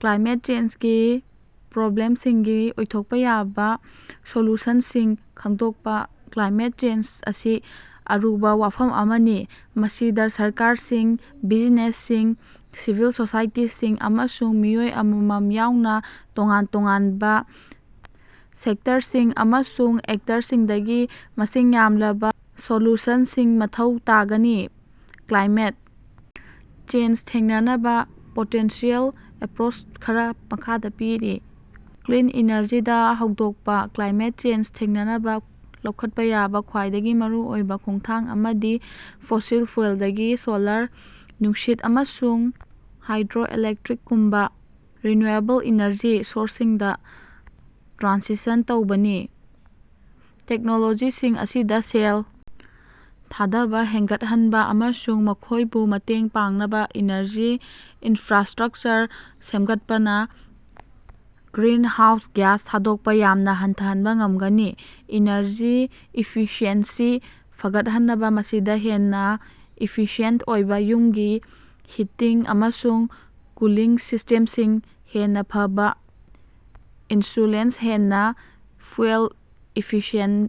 Climate ꯆꯦꯟꯖꯀꯤ ꯄ꯭ꯔꯣꯕ꯭ꯂꯦꯝꯁꯤꯡꯒꯤ ꯑꯣꯏꯊꯣꯛꯄ ꯌꯥꯕ ꯁꯣꯂ꯭ꯌꯨꯁꯟꯁꯤꯡ ꯈꯪꯗꯣꯛꯄ- ꯀ꯭ꯂꯥꯏꯃꯦꯠ ꯆꯦꯟꯖ ꯑꯁꯤ ꯑꯔꯨꯕ ꯋꯥꯐꯝ ꯑꯃꯅꯤ꯫ ꯃꯁꯤꯗ ꯁꯔꯀꯥꯔꯁꯤꯡ, ꯕꯤꯖꯤꯅꯦꯁꯁꯤꯡ, ꯁꯤꯚꯤꯜ ꯁꯣꯁꯥꯏꯇꯤꯁꯤꯡ, ꯑꯃꯁꯨꯡ ꯃꯤꯑꯣꯏ ꯑꯃꯃꯝ ꯌꯥꯎꯅ ꯇꯣꯉꯥꯟ -ꯇꯣꯉꯥꯟꯕ ꯁꯦꯛꯇꯔꯁꯤꯡ ꯑꯃꯁꯨꯡ ꯑꯦꯛꯇꯔꯁꯤꯡꯗꯒꯤ ꯃꯁꯤꯡ ꯌꯥꯝꯂꯕ ꯁꯣꯂ꯭ꯌꯨꯁꯟꯁꯤꯡ ꯃꯊꯧ ꯇꯥꯒꯅꯤ꯫ ꯀ꯭ꯂꯥꯏꯃꯦꯠ ꯆꯦꯟꯖ ꯊꯦꯡꯅꯅꯕ ꯄꯣꯇꯦꯟꯁꯤꯑꯦꯜ ꯑꯦꯄ꯭ꯔꯣꯆ ꯈꯔ ꯃꯈꯥꯗ ꯄꯤꯔꯤ:- ꯀ꯭ꯂꯤꯟ ꯏꯅꯔꯖꯤꯗ ꯍꯣꯡꯗꯣꯛꯄ: ꯀ꯭ꯂꯥꯏꯃꯦꯠ ꯆꯦꯟꯖ ꯊꯦꯡꯅꯅꯕ ꯂꯧꯈꯠꯄ ꯌꯥꯕ ꯈ꯭ꯋꯥꯏꯗꯒꯤ ꯃꯔꯨꯑꯣꯏꯕ ꯈꯣꯡꯊꯥꯡ ꯑꯃꯗꯤ ꯐꯣꯁꯤꯜ ꯐꯨꯑꯦꯜꯗꯒꯤ ꯁꯣꯂꯔ, ꯅꯨꯡꯁꯤꯠ, ꯑꯃꯁꯨꯡ ꯍꯥꯏꯗ꯭ꯔꯣ-ꯏꯂꯦꯛꯇ꯭ꯔꯤꯛꯒꯨꯝꯕ ꯔꯤꯅ꯭ꯌꯨꯑꯦꯕꯜ ꯏꯅꯔꯖꯤ ꯁꯣꯔꯁꯁꯤꯡꯗ ꯇ꯭ꯔꯥꯟꯁꯤꯁꯟ ꯇꯧꯕꯅꯤ꯫ ꯇꯦꯛꯅꯣꯂꯣꯖꯤꯁꯤꯡ ꯑꯁꯤꯗ ꯁꯦꯜ ꯊꯥꯗꯕ ꯍꯦꯟꯒꯠꯍꯟꯕ ꯑꯃꯁꯨꯡ ꯃꯈꯣꯏꯕꯨ ꯃꯇꯦꯡ ꯄꯥꯡꯅꯕ ꯏꯅꯔꯖꯤ ꯏꯟꯐ꯭ꯔꯥꯁꯇ꯭ꯔꯛꯆꯔ ꯁꯦꯝꯒꯠꯄꯅ ꯒ꯭ꯔꯤꯟꯍꯥꯎꯁ ꯒ꯭ꯌꯥꯁ ꯊꯥꯗꯣꯛꯄ ꯌꯥꯝꯅ ꯍꯟꯊꯍꯟꯕ ꯉꯝꯒꯅꯤ꯫ ꯏꯅꯔꯖꯤ ꯏꯐꯤꯁꯤꯑꯦꯟꯁꯤ ꯐꯒꯠꯍꯟꯕ: ꯃꯁꯤꯗ ꯍꯦꯟꯅ ꯏꯐꯤꯁꯤꯌꯦꯟꯇ ꯑꯣꯏꯕ ꯌꯨꯝꯒꯤ ꯍꯤꯇꯤꯡ ꯑꯃꯁꯨꯡ ꯀꯨꯂꯤꯡ ꯁꯤꯁꯇꯦꯝꯁꯤꯡ, ꯍꯦꯟꯅ ꯐꯕ ꯏꯟꯁꯨꯂꯦꯁ, ꯍꯦꯟꯅ ꯐꯨꯑꯦꯜ ꯏꯐꯤꯁꯤꯑꯦꯟꯠ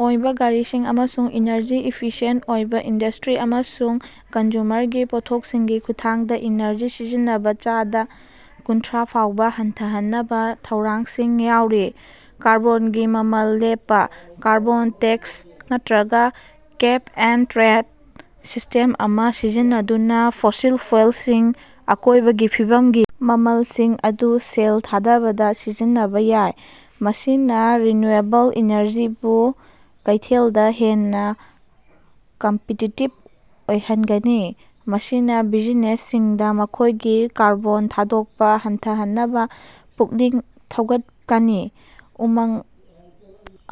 ꯑꯣꯏꯕ ꯒꯥꯔꯤꯁꯤꯡ, ꯑꯃꯁꯨꯡ ꯏꯅꯔꯖꯤ ꯏꯐꯤꯁꯤꯌꯦꯟꯠ ꯑꯣꯏꯕ ꯏꯟꯗꯁꯇ꯭ꯔꯤ ꯑꯃꯁꯨꯡ ꯀꯟꯖꯨꯃꯔꯒꯤ ꯄꯣꯠꯊꯣꯛꯁꯤꯡꯒꯤ ꯈꯨꯠꯊꯥꯡꯗ ꯏꯅꯔꯖꯤ ꯁꯤꯖꯤꯟꯅꯕ ꯆꯥꯗ ꯀꯨꯟꯊ꯭ꯔꯥ ꯐꯥꯎꯕ ꯍꯟꯊꯍꯟꯅꯕ ꯊꯧꯔꯥꯡꯁꯤꯡ ꯌꯥꯎꯔꯤ꯫ ꯀꯥꯔꯕꯣꯟꯒꯤ ꯃꯃꯜ ꯂꯦꯞꯄ: ꯀꯥꯔꯕꯣꯟ ꯇꯦꯛꯁ ꯅꯠꯇ꯭ꯔꯒ ꯀꯦꯞ-ꯑꯦꯟꯗ-ꯇ꯭ꯔꯦꯗ ꯁꯤꯁ꯭ꯇꯦꯝ ꯑꯃ ꯁꯤꯖꯤꯟꯅꯗꯨꯅ ꯐꯣꯁꯤꯜ ꯐꯨꯑꯦꯜꯁꯤꯡꯒꯤ ꯑꯀꯣꯏꯕꯒꯤ ꯐꯤꯕꯝꯒꯤ ꯃꯃꯜꯁꯤꯡ ꯑꯗꯨ ꯁꯦꯜ ꯊꯥꯗꯕꯗ ꯁꯤꯖꯤꯟꯅꯕ ꯌꯥꯏ꯫ ꯃꯁꯤꯅ ꯔꯤꯅꯤꯌꯨꯑꯦꯕꯜ ꯏꯅꯔꯖꯤꯕꯨ ꯀꯩꯊꯦꯜꯗ ꯍꯦꯟꯅ ꯀꯝꯄꯤꯇꯤꯇꯤꯚ ꯑꯣꯏꯍꯟꯒꯅꯤ꯫ ꯃꯁꯤꯅ ꯕꯤꯖꯤꯅꯦꯁꯁꯤꯡꯗ ꯃꯈꯣꯏꯒꯤ ꯀꯥꯔꯕꯣꯟ ꯊꯥꯗꯣꯛꯄ ꯍꯟꯊꯍꯟꯅꯕ ꯄꯨꯛꯅꯤꯡ ꯊꯧꯒꯠꯀꯅꯤ꯫ ꯎꯃꯪ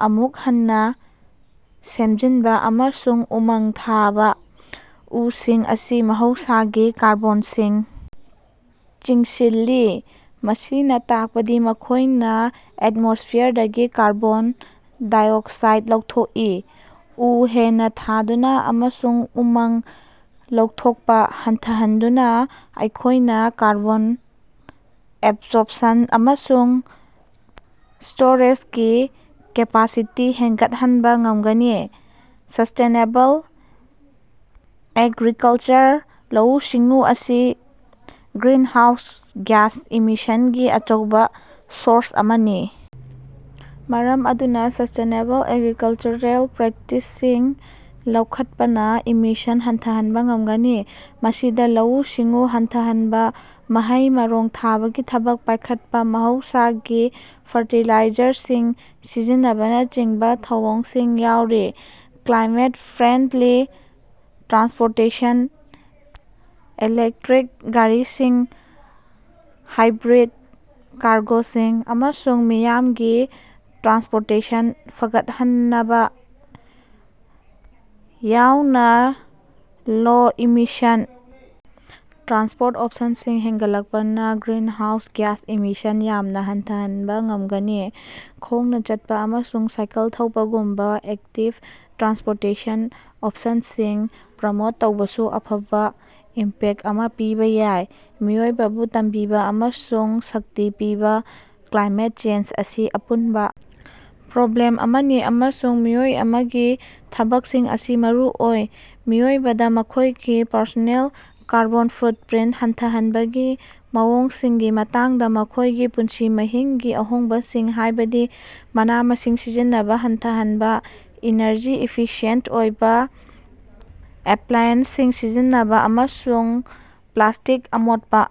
ꯑꯃꯨꯛ ꯍꯟꯅ ꯁꯦꯝꯖꯤꯟꯕ ꯑꯃꯁꯨꯡ ꯎꯃꯪ ꯊꯥꯕ: ꯎꯁꯤꯡ ꯑꯁꯤ ꯃꯍꯧꯁꯥꯒꯤ ꯀꯥꯔꯕꯣꯟ ꯁꯤꯡ ꯆꯤꯡꯁꯤꯜꯂꯤ꯫ ꯃꯁꯤꯅ ꯇꯥꯛꯄꯗꯤ ꯃꯈꯣꯏꯅ ꯑꯦꯠꯃꯣꯁꯐꯤꯌꯔꯗꯒꯤ ꯀꯥꯔꯕꯣꯟ -ꯗꯥꯏꯑꯣꯛꯁꯥꯏꯗ ꯂꯧꯊꯣꯛꯏ꯫ ꯎ ꯍꯦꯟꯅ ꯊꯥꯗꯨꯅ ꯑꯃꯁꯨꯡ ꯎꯃꯪ ꯂꯧꯊꯣꯛꯄ ꯍꯟꯊꯍꯟꯗꯨꯅ ꯑꯩꯈꯣꯏꯅ ꯀꯥꯔꯕꯣꯟ ꯑꯦꯕꯖꯣꯔꯞꯁꯟ ꯑꯃꯁꯨꯡ ꯁ꯭ꯇꯣꯔꯦꯖꯒꯤ ꯀꯦꯄꯥꯁꯤꯇꯤ ꯍꯦꯟꯒꯠꯍꯟꯕ ꯉꯝꯒꯅꯤ꯫ ꯁꯁꯇꯦꯅꯦꯕꯜ ꯑꯦꯒ꯭ꯔꯤꯀꯜꯆꯔ: ꯂꯧꯎ-ꯁꯤꯡꯎ ꯑꯁꯤ ꯒ꯭ꯔꯤꯟꯍꯥꯎꯁ ꯒ꯭ꯌꯥꯁ ꯏꯃꯤꯁꯟꯒꯤ ꯑꯆꯧꯕ ꯁꯣꯔꯁ ꯑꯃꯅꯤ꯫ ꯃꯔꯝ ꯑꯗꯨꯅ ꯁꯁꯇꯦꯅꯦꯕꯜ ꯑꯦꯒ꯭ꯔꯤꯀꯜꯆꯔꯦꯜ ꯄ꯭ꯔꯦꯛꯇꯤꯁꯁꯤꯡ ꯂꯧꯈꯠꯄꯅ ꯏꯃꯤꯁꯟ ꯍꯟꯊꯍꯟꯕ ꯉꯝꯒꯅꯤ꯫ ꯃꯁꯤꯗ ꯂꯧꯎ-ꯁꯤꯡꯎ ꯍꯟꯊꯍꯟꯕ, ꯃꯍꯩ-ꯃꯔꯣꯡ ꯊꯥꯕꯒꯤ ꯊꯕꯛ ꯄꯥꯏꯈꯠꯄ, ꯃꯍꯧꯁꯥꯒꯤ ꯐꯔꯇꯤꯂꯥꯏꯖꯔꯁꯤꯡ ꯁꯤꯖꯤꯟꯅꯕꯅꯆꯤꯡꯕ ꯊꯧꯑꯣꯡꯁꯤꯡ ꯌꯥꯎꯔꯤ꯫ ꯀ꯭ꯂꯥꯏꯃꯦꯠ-ꯐ꯭ꯔꯦꯟꯗ꯭ꯂꯤ ꯇ꯭ꯔꯥꯟꯁꯄꯣꯔꯇꯦꯁꯟ: ꯏꯂꯦꯛꯇ꯭ꯔꯤꯛ ꯒꯥꯔꯤꯁꯤꯡ, ꯍꯥꯏꯕ꯭ꯔꯤꯠ ꯀꯥꯔꯒꯣꯁꯤꯡ, ꯑꯃꯁꯨꯡ ꯃꯤꯌꯥꯝꯒꯤ ꯇ꯭ꯔꯥꯟꯁꯄꯣꯔꯇꯦꯁꯟ ꯐꯒꯠꯍꯟꯕ ꯌꯥꯎꯅ ꯂꯣ-ꯏꯃꯤꯁꯟ ꯇ꯭ꯔꯥꯟꯁꯄꯣꯔꯠ ꯑꯣꯞꯁꯟꯁꯤꯡ ꯍꯦꯟꯒꯠꯂꯛꯄꯅ ꯒ꯭ꯔꯤꯟꯍꯥꯎꯁ ꯒ꯭ꯌꯥꯁ ꯏꯃꯤꯁꯟ ꯌꯥꯝꯅ ꯍꯟꯊꯍꯟꯕ ꯉꯝꯒꯅꯤ꯫ ꯈꯣꯡꯅ ꯆꯠꯄ ꯑꯃꯁꯨꯡ ꯁꯥꯏꯀꯜ ꯊꯧꯕꯒꯨꯝꯕ ꯑꯦꯛꯇꯤꯚ ꯇ꯭ꯔꯥꯟꯁꯄꯣꯔꯇꯦꯁꯟ ꯑꯣꯞꯁꯟꯁꯤꯡ ꯄ꯭ꯔꯃꯣꯠ ꯇꯧꯕꯁꯨ ꯑꯐꯕ ꯏꯝꯄꯦꯛꯇ ꯑꯃ ꯄꯤꯕ ꯌꯥꯏ꯫ ꯃꯤꯑꯣꯏꯕꯕꯨ ꯇꯝꯕꯤꯕ ꯑꯃꯁꯨꯡ ꯁꯛꯇꯤ ꯄꯤꯕ: ꯀ꯭ꯂꯥꯏꯃꯦꯠ ꯆꯦꯟꯖ ꯑꯁꯤ ꯑꯄꯨꯟꯕ ꯄ꯭ꯔꯣꯕ꯭ꯂꯦꯝ ꯑꯃꯅꯤ ꯑꯃꯁꯨꯡ ꯃꯤꯑꯣꯏ ꯑꯃꯒꯤ ꯊꯕꯛꯁꯤꯡ ꯑꯁꯤ ꯃꯔꯨ ꯑꯣꯏ꯫ ꯃꯤꯑꯣꯏꯕꯗ ꯃꯈꯣꯏꯒꯤ ꯄꯔꯁꯣꯅꯦꯜ ꯀꯥꯔꯕꯣꯟ ꯐꯨꯠꯄ꯭ꯔꯤꯟꯇ ꯍꯟꯊꯍꯟꯕꯒꯤ ꯃꯑꯣꯡꯁꯤꯡꯒꯤ ꯃꯇꯥꯡꯗ ꯃꯈꯣꯏꯒꯤ ꯄꯨꯟꯁꯤ ꯃꯍꯤꯡꯒꯤ ꯑꯍꯣꯡꯕꯁꯤꯡ ꯍꯥꯏꯕꯗꯤ ꯃꯅꯥ-ꯃꯁꯤꯡ ꯁꯤꯖꯤꯟꯅꯕ ꯍꯟꯊꯍꯟꯕ, ꯏꯅꯔꯖꯤ ꯏꯐꯤꯁꯤꯌꯦꯟꯇ ꯑꯣꯏꯕ ꯑꯦꯄ꯭ꯂꯥꯏꯑꯦꯟꯁꯁꯤꯡ ꯁꯤꯖꯤꯟꯅꯕ, ꯑꯃꯁꯨꯡ ꯄ꯭ꯂꯥꯁꯇꯤꯛ ꯑꯃꯣꯠꯄ